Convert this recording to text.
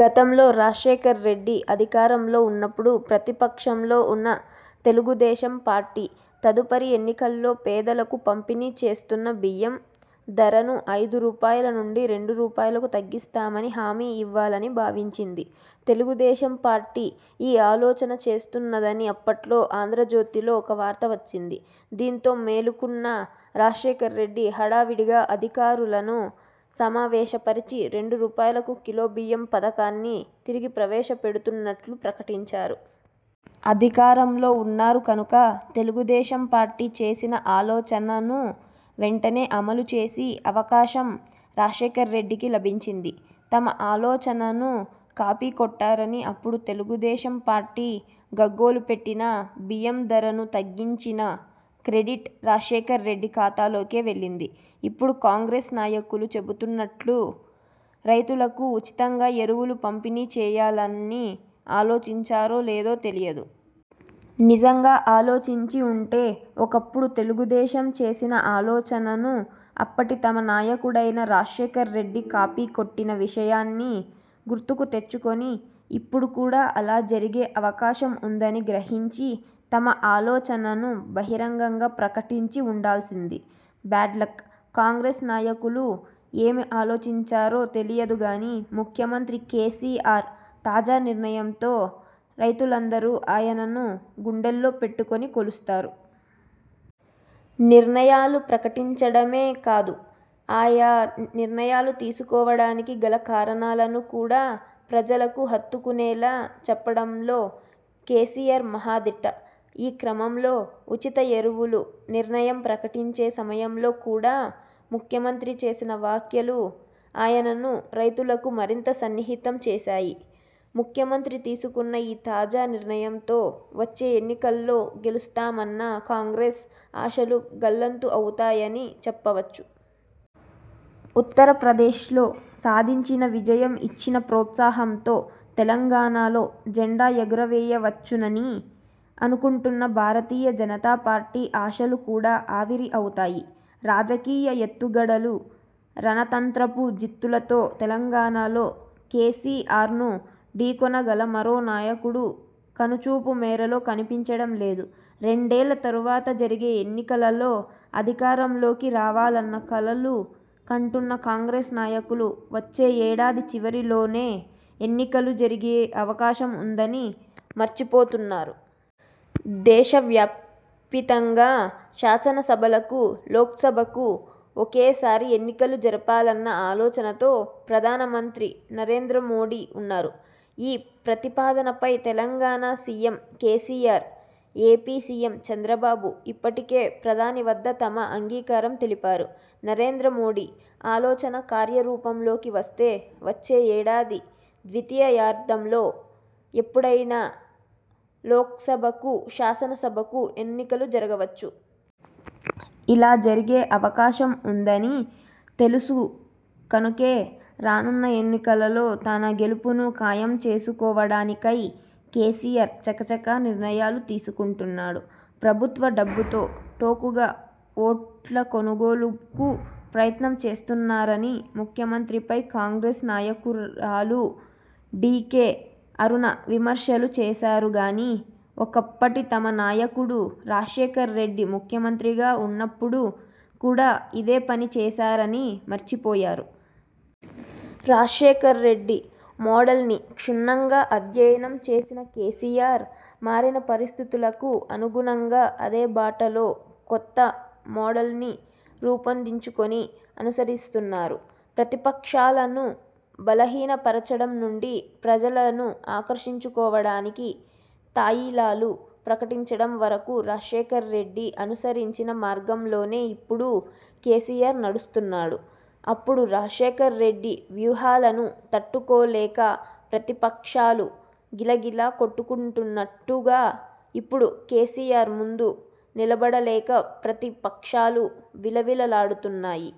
గతంలో రాజశేఖర్రెడ్డి అధికారంలో ఉన్నప్పుడు, ప్రతిపక్షంలో ఉన్న తెలుగుదేశంపార్టీ తదుపరి ఎన్నికలలో పేదలకు పంపిణీ చేస్తున్న బియ్యం ధరను అయిదు రూపాయల నుంచి రెండు రూపాయలకు తగ్గిస్తామనే హామీ ఇవ్వాలని భావించింది. తెలుగుదేశంపార్టీ ఈ ఆలోచన చేస్తున్నదని అప్పట్లో 'ఆంధ్రజ్యోతి'లో ఒక వార్త వచ్చింది. దీంతో మేలుకున్న రాజశేఖర్రెడ్డి హడావుడిగా అధికారులను సమావేశపరచి రెండు రూపాయలకు కిలో బియ్యం పథకాన్ని తిరిగి ప్రవేశపెడుతున్నట్టు ప్రకటించారు. అధికారంలో ఉన్నారు కనుక తెలుగుదేశం పార్టీ చేసిన ఆలోచనను వెంటనే అమలుచేసే అవకాశం రాజశేఖర్రెడ్డికి లభించింది. తమ ఆలోచనను కాపీకొట్టారని అప్పుడు తెలుగుదేశంపార్టీ గగ్గోలుపెట్టినా బియ్యం ధరను తగ్గించిన క్రెడిట్ రాజశేఖర్రెడ్డి ఖాతాలోకే వెళ్లింది. ఇప్పుడు కాంగ్రెస్ నాయకులు చెబుతున్నట్టు రైతులకు ఉచితంగా ఎరువులు పంపిణీచేయాలని ఆలోచించారో లేదో తెలియదు. నిజంగా ఆలోచించి ఉంటే ఒకప్పుడు తెలుగుదేశం చేసిన ఆలోచనను అప్పటి తమ నాయకుడైన రాజశేఖర్రెడ్డి కాపీకొట్టిన విషయాన్ని గుర్తుకు తెచ్చుకుని, ఇప్పుడు కూడా అలా జరిగే అవకాశం ఉందని గ్రహించి, తమ ఆలోచనను బహిరంగంగా ప్రకటించి ఉండాల్సింది. బ్యాడ్లక్! కాంగ్రెస్ నాయకులు ఏమి ఆలోచించారో తెలియదుగానీ ముఖ్యమంత్రి కేసీఆర్ తాజా నిర్ణయంతో రైతులందరూ ఆయనను గుండెల్లో పెట్టుకుని కొలుస్తారు. నిర్ణయాలు ప్రకటించడమే కాదు, ఆయా నిర్ణయాలు తీసుకోవడానికి గల కారణాలను కూడా ప్రజలకు హత్తుకునేలా చెప్పడంలో కేసీఆర్ మహా దిట్ట! ఈ క్రమంలోనే ఉచిత ఎరువుల నిర్ణయం ప్రకటించే సమయంలో కూడా ముఖ్యమంత్రి చేసిన వ్యాఖ్యలు ఆయనను రైతులకు మరింత సన్నిహితం చేశాయి. ముఖ్యమంత్రి తీసుకున్న ఈ తాజా నిర్ణయంతో వచ్చే ఎన్నికలలో గెలుస్తామన్న కాంగ్రెస్ ఆశలు గల్లంతు అవుతాయని చెప్పవచ్చు. ఉత్తరప్రదేశ్లో సాధించిన విజయం ఇచ్చిన ప్రోత్సాహంతో తెలంగాణలో జెండా ఎగురవేయవచ్చునని అనుకుంటున్న భారతీయ జనతాపార్టీ ఆశలు కూడా ఆవిరి అవుతాయి. రాజకీయ ఎత్తుగడలు, రణతంత్రపు జిత్తులలో తెలంగాణలో కేసీఆర్ను ఢీకొనగల మరో నాయకుడు కనుచూపు మేరలో కనిపించడం లేదు. రెండేళ్ల తర్వాత జరిగే ఎన్నికలలో అధికారంలోకి రావాలని కలలు కంటున్న కాంగ్రెస్ నాయకులు వచ్చే ఏడాది చివరిలోనే ఎన్నికలు జరిగే అవకాశం ఉందని మర్చిపోతున్నారు. దేశవ్యాపితంగా శాసనసభలకు, లోక్సభకు ఒకేసారి ఎన్నికలు జరపాలన్న ఆలోచనతో ప్రధానమంత్రి నరేంద్రమోదీ ఉన్నారు. ఈ ప్రతిపాదనపై Telangana CM KCR, AP CM Chandrababu ఇప్పటికే ప్రధాని వద్ద తమ అంగీకారం తెలిపారు. నరేంద్రమోదీ ఆలోచన కార్యరూపంలోకి వస్తే వచ్చే ఏడాది ద్వితీయార్థంలో ఎప్పుడైనా లోక్సభకు-– శాసనసభకు ఎన్నికలు జరగవచ్చు. ఇలా జరిగే అవకాశం ఉందని తెలుసు కనుకే రానున్న ఎన్నికలలో తన గెలుపును ఖాయం చేసుకోవడానికై కేసీఆర్ చకచకా నిర్ణయాలు తీసుకుంటున్నారు. ప్రభుత్వ డబ్బుతో టోకుగా ఓట్ల కొనుగోలుకు ప్రయత్నం చేస్తున్నారని ముఖ్యమంత్రిపై కాంగ్రెస్ నాయకురాలు డీకే అరుణ విమర్శలు చేశారుగానీ ఒకప్పటి తమ నాయకుడు రాజశేఖర్రెడ్డి ముఖ్యమంత్రిగా ఉన్నప్పుడు కూడా ఇదే పని చేశారని మర్చిపోయారు. రాజశేఖర్రెడ్డి మోడల్ను క్షుణ్ణంగా అధ్యయనం చేసిన కేసీఆర్, మారిన పరిస్థితులకు అనుగుణంగా అదే బాటలో కొత్త మోడల్ను రూపొందించుకుని అనుసరిస్తున్నారు. ప్రతిపక్షాలను బలహీనపర్చడం నుంచి ప్రజలను ఆకర్షించడానికి తాయిలాలు ప్రకటించడం వరకు రాజశేఖర్రెడ్డి అనుసరించిన మార్గంలోనే ఇప్పుడు కేసీఆర్ నడుస్తున్నారు. అప్పుడు రాజశేఖర్రెడ్డి వ్యూహాలను తట్టుకోలేక ప్రతిపక్షాలు గిలగిలా కొట్టుకున్నట్టుగా ఇప్పుడు కేసీఆర్ ముందు నిలబడలేక ప్రతిపక్షాలు విలవిలలాడుతున్నాయి.